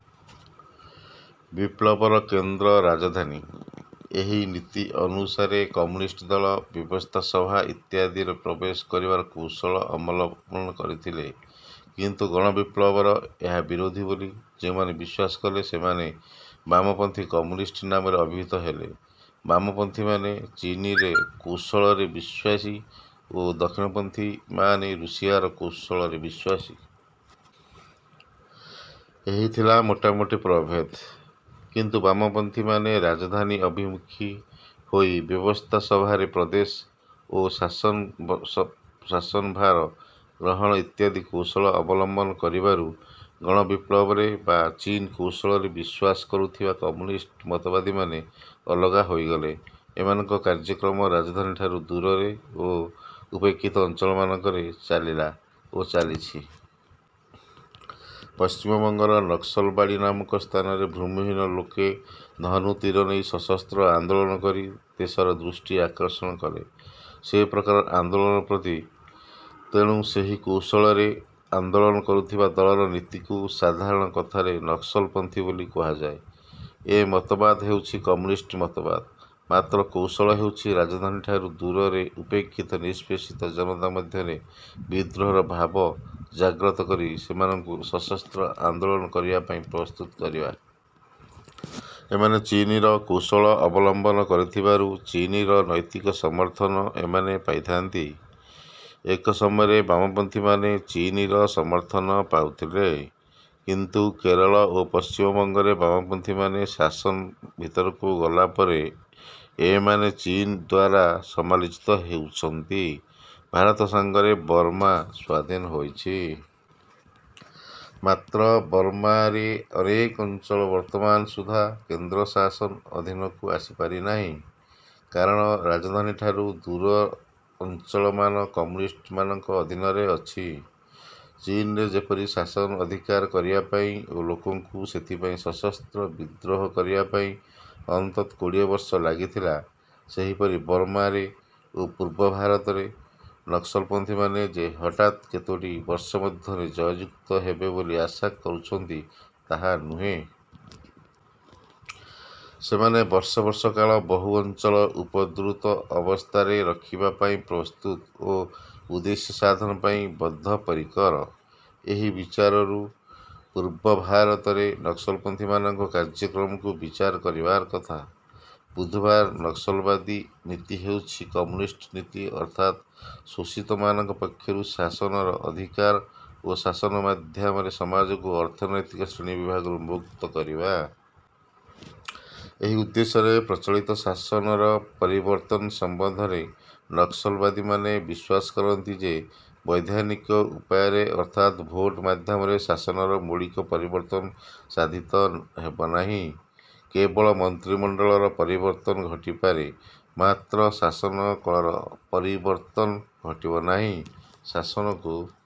ବିପ୍ଳବର କେନ୍ଦ୍ର ରାଜଧାନୀ, ଏହି ନୀତି ଅନୁସାରେ କମ୍ୟୁନିଷ୍ଟ ଦଳ ବ୍ୟବସ୍ଥାସଭା ଇତ୍ୟାଦିରେ ପ୍ରବେଶ କରିବାର କୌଶଳ ଅବଲମ୍ବନ କରିଥିଲେ। କିନ୍ତୁ ଗଣବିପ୍ଳବର ଏହା ବିରୋଧୀ ବୋଲି ଯେଉଁମାନେ ବିଶ୍ୱାସ କଲେ ସେମାନେ ବାମପନ୍ଥୀ କମ୍ୟୁନିଷ୍ଟ ନାମରେ ଅଭିହିତ ହେଲେ। ବାମପନ୍ଥୀମାନେ ଚୀନର କୌଶଳରେ ବିଶ୍ୱାସୀ ଓ ଦକ୍ଷିଣପନ୍ଥୀମାନେ ରୁଷିଆର କୌଶଳରେ ବିଶ୍ୱାସୀ। ଏହି ଥିଲା ମୋଟାମୋଟି ପ୍ରଭେଦ। କିନ୍ତୁ ବାମପନ୍ଥୀମାନେ ରାଜଧାନୀ ଅଭିମୁଖୀ ହୋଇ ବ୍ୟବସ୍ଥାସଭାରେ ପ୍ରଦେଶ ଓ ଶାସନଭାର ଗ୍ରହଣ ଇତ୍ୟାଦି କୌଶଳ ଅବଲମ୍ବନ କରିବାରୁ, ଗଣବିପ୍ଳବରେ ବା ଚୀନ କୌଶଳରେ ବିଶ୍ୱାସ କରୁଥିବା କମ୍ୟୁନିଷ୍ଟ ମତବାଦୀମାନେ ଅଲଗା ହୋଇଗଲେ। ଏମାନଙ୍କର କାର୍ଯ୍ୟକ୍ରମ ରାଜଧାନୀ ଠାରୁ ଦୂରରେ ଓ ଉପେକ୍ଷିତ ଅଞ୍ଚଳମାନଙ୍କରେ ଚାଲିଲା ଓ ଚାଲିଛି। ପଶ୍ଚିମବଙ୍ଗର ନକ୍ସଲବାଡ଼ି ନାମକ ସ୍ଥାନରେ ଭୂମିହୀନ ଲୋକେ ଧନୁ ତୀର ନେଇ ସଶସ୍ତ୍ର ଆନ୍ଦୋଳନ କରି ଦେଶର ଦୃଷ୍ଟି ଆକର୍ଷଣ କଲେ ସେ ପ୍ରକାର ଆନ୍ଦୋଳନ ପ୍ରତି। ତେଣୁ ସେହି କୌଶଳରେ ଆନ୍ଦୋଳନ କରୁଥିବା ଦଳର ନୀତିକୁ ସାଧାରଣ କଥାରେ ନକ୍ସଲପନ୍ଥୀ ବୋଲି କୁହାଯାଏ। ଏ ମତବାଦ ହେଉଛି କମ୍ୟୁନିଷ୍ଟ ମତବାଦ, ମାତ୍ର କୌଶଳ ହେଉଛି ରାଜଧାନୀଠାରୁ ଦୂରରେ ଉପେକ୍ଷିତ ନିଷ୍ପେଷିତ ଜନତା ମଧ୍ୟରେ ବିଦ୍ରୋହର ଭାବ ଜାଗ୍ରତ କରି ସେମାନଙ୍କୁ ସଶସ୍ତ୍ର ଆନ୍ଦୋଳନ କରିବା ପାଇଁ ପ୍ରସ୍ତୁତ କରିବା। ଏମାନେ ଚୀନର କୌଶଳ ଅବଲମ୍ବନ କରିଥିବାରୁ ଚୀନର ନୈତିକ ସମର୍ଥନ ଏମାନେ ପାଇଥାନ୍ତି। ଏକ ସମୟରେ ବାମପନ୍ଥୀମାନେ ଚୀନର ସମର୍ଥନ ପାଉଥିଲେ। କିନ୍ତୁ କେରଳ ଓ ପଶ୍ଚିମବଙ୍ଗରେ ବାମପନ୍ଥୀମାନେ ଶାସନ ଭିତରକୁ ଗଲା ପରେ ଏମାନେ ଚୀନ ଦ୍ୱାରା ସମାଲୋଚିତ ହେଉଛନ୍ତି। ଭାରତ ସାଙ୍ଗରେ ବର୍ମା ସ୍ୱାଧୀନ ହୋଇଛି। ମାତ୍ର ବର୍ମାରେ ଅନେକ ଅଞ୍ଚଳ ବର୍ତ୍ତମାନ ସୁଦ୍ଧା କେନ୍ଦ୍ର ଶାସନ ଅଧୀନକୁ ଆସିପାରିନାହିଁ। କାରଣ ରାଜଧାନୀଠାରୁ ଦୂର ଅଞ୍ଚଳମାନ କମ୍ୟୁନିଷ୍ଟ ମାନଙ୍କ ଅଧୀନରେ ଅଛି। ଚୀନରେ ଯେପରି ଶାସନ ଅଧିକାର କରିବା ପାଇଁ ଓ ଲୋକଙ୍କୁ ସେଥିପାଇଁ ସଶସ୍ତ୍ର ବିଦ୍ରୋହ କରିବା ପାଇଁ ଅନ୍ତତଃ କୋଡ଼ିଏବର୍ଷ ଲାଗିଥିଲା, ସେହିପରି ବର୍ମାରେ ଓ ପୂର୍ବ ଭାରତରେ ନକ୍ସଲପନ୍ଥୀମାନେ ଯେ ହଠାତ୍ କେତୋଟି ବର୍ଷ ମଧ୍ୟରେ ଜୟଯୁକ୍ତ ହେବେ ବୋଲି ଆଶା କରୁଛନ୍ତି ତାହା ନୁହେଁ। ସେମାନେ ବର୍ଷ ବର୍ଷ କାଳ ବହୁ ଅଞ୍ଚଳ ଉପଦ୍ରୁତ ଅବସ୍ଥାରେ ରଖିବା ପାଇଁ ପ୍ରସ୍ତୁତ ଓ ଉଦ୍ଦେଶ୍ୟ ସାଧନ ପାଇଁ ବଦ୍ଧପରିକର। ଏହି ବିଚାରରୁ ପୂର୍ବ-ଭାରତରେ ନକ୍ସଲପନ୍ଥୀମାନଙ୍କ କାର୍ଯ୍ୟକ୍ରମକୁ ବିଚାର କରିବାର କଥା। ବୁଧବାର ନକସଲବାଦୀ ନୀତି ହେଉଛି କମ୍ୟୁନିଷ୍ଟ ନୀତି ଅର୍ଥାତ୍ ଶୋଷିତମାନଙ୍କ ପକ୍ଷରୁ ଶାସନର ଅଧିକାର ଓ ଶାସନ ମାଧ୍ୟମରେ ସମାଜକୁ ଅର୍ଥନୈତିକ ଶ୍ରେଣୀ ବିଭାଗରୁ ମୁକ୍ତ କରିବା। ଏହି ଉଦ୍ଦେଶ୍ୟରେ ପ୍ରଚଳିତ ଶାସନର ପରିବର୍ତ୍ତନ ସମ୍ବନ୍ଧରେ ନକ୍ସଲବାଦୀମାନେ ବିଶ୍ୱାସ କରନ୍ତି ଯେ ବୈଧାନିକ ଉପାୟରେ ଅର୍ଥାତ୍ ଭୋଟ ମାଧ୍ୟମରେ ଶାସନର ମୌଳିକ ପରିବର୍ତ୍ତନ ସାଧିତ ହେବ ନାହିଁ, କେବଳ ମନ୍ତ୍ରିମଣ୍ଡଳର ପରିବର୍ତ୍ତନ ଘଟିପାରେ ମାତ୍ର ଶାସନ କଳର ପରିବର୍ତ୍ତନ ଘଟିବ ନାହିଁ। ଶାସନକୁ